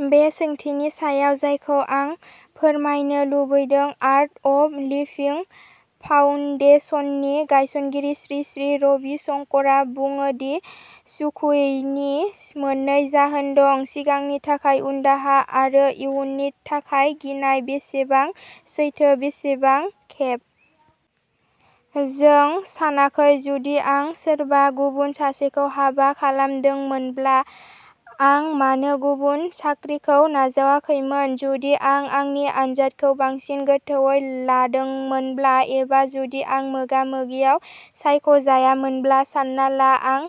बे सोंथिनि सायाव जायखौ आं फोरमायनो लुबैदों। आर्ट अफ लिभिं फाउन्डेशननि गायसनगिरि श्री श्री रबि शंकरआ बुङो दि सुखुयैनि मोननै जाहोन दं। सिगांनि थाखाय उनदाहा आरो इयुननि थाखाय गिनाय। बेसेबां सैथो, बेसेबां खेब जों सानाखै जुदि आं सोरबा गुबुन सासेखौ हाबा खालामदोंमोनब्ला, आं मानो गुबुन साख्रिखौ नाजावाखैमोन, जुदि आं आंनि आनजादखौ बांसिन गोथौवै लादोंमोनब्ला एबा जुदि आं मोगा-मोगियाव सायख'जायामोनब्ला, सान्ना ला आं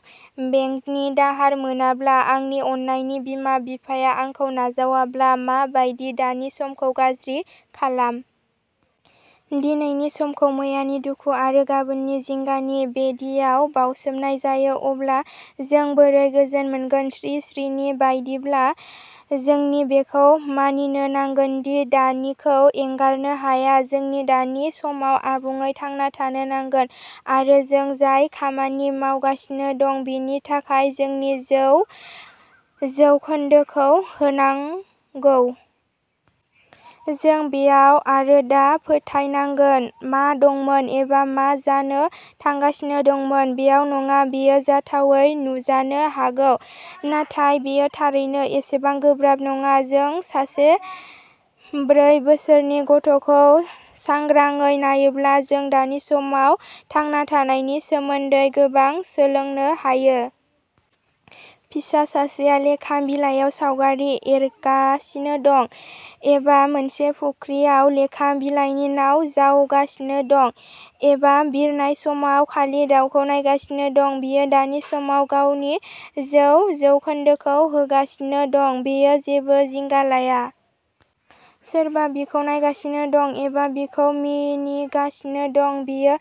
बेंकनि दाहार मोनाब्ला, आंनि अननायनि बिमा-बिफाया आंखौ नाजावाब्ला मा बायदि दानि समखौ गाज्रि खालाम। दिनैनि समखौ मैयानि दुखु आरो गाबोननि जिंगानि बेदियाव बावसोमनाय जायो। अब्ला जों बोरै गोजोन मोनगोन? श्री श्रीनि बायदिब्ला जों बेखौ मानिनो नांगोन दि दानिखौ एंगारनो हाया। जों दानि समाव आबुङै थांना थानो नांगोन आरो जों जाय खामानि मावगासिनो दं बिनि थाखाय जोंनि जौ जौखोन्दोखौ होनांगौ। जों बेयाव आरो दा फोथायनांगोन मा दंमोन एबा मा जानो थांगासिनो दंमोन बेयाव नङा। बेयो जाथावै नुजानो हागौ नाथाय बेयो थारैनो एसेबां गोब्राब नङा। जों सासे ब्रै बोसोरनि गथ'खौ सांग्राङै नायोब्ला जों दानि समाव थांना थानायनि सोमोन्दै गोबां सोलोंनो हायो। फिसा सासेआ लेखा बिलाइयाव सावगारि एरगासिनो दं, एबा मोनसे फुख्रियाव लेखा बिलाइनि नाव जावगासिनो दं एबा बिरनाय समाव खालि दाउखौ नायगासिनो दं। बियो दानि समाव गावनि जौ जौखोन्दोखौ होगासिनो दं। बियो जेबो जिंगा लाया। सोरबा बिखौ नायगासिनो दं एबा बिखौ मिनिगासिनो दं, बियो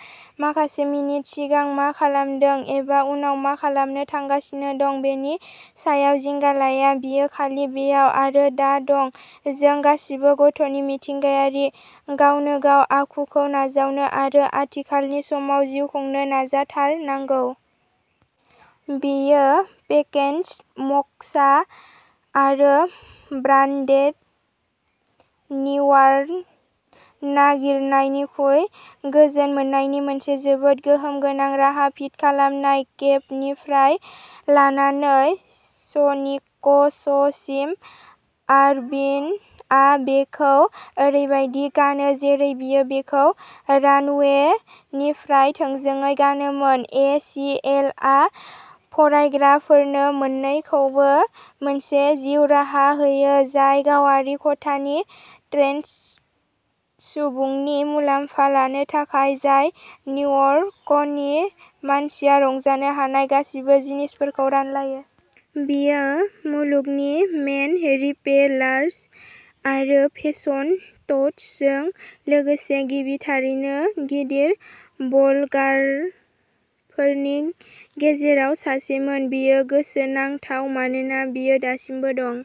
माखासे मिनिट सिगां मा खालामदों एबा उनाव मा खालामनो थांगासिनो दं बेनि सायाव जिंगा लाया। बियो खालि बेयाव आरो दा दं। जों गासैबो गथ'नि मिथिंगायारि, गावनोगाव आखुखौ नाजावनो आरो आथिखालनि समाव जिउ खुंनो नाजाथारनांगौ। बेयो पेकेज्ड मक्सा आरो ब्रान्डेड निर्वाणा नागिरनायनिख्रुइ गोजोन मोन्नायनि मोनसे जोबोद गोहोम गोनां राहा। फिट खालामनाय केपनिफ्राय लानानै स्नीकर्ससिम, आर्बान'आ बेखौ ओरैबायदि गानो जेरै बियो बेखौ रानवेनिफ्राय थोंजोङै गानोमोन। ए. सि. एल. आ फरायग्राफोरनो मोन्नैखौबो मोनसे जिउ राहा होयो, जाय गावारि खथानि ट्रेन्डेस्ट सुबुंनि मुलाम्फा लानो थाखाय, जाय निउयर्कनि मानसिया रंजानो हानाय गासैबो जिनिसफोरखौ रानलायो। बियो मुलुगनि मेन रिपेलार्स आरो फेसन टस्टजों लोगोसे गिबि थारैनो गिदिर ब्लगारफोरनि गेजेराव सासेमोन। बेयो गोसोनांथाव मानोना बियो दासिमबो दं।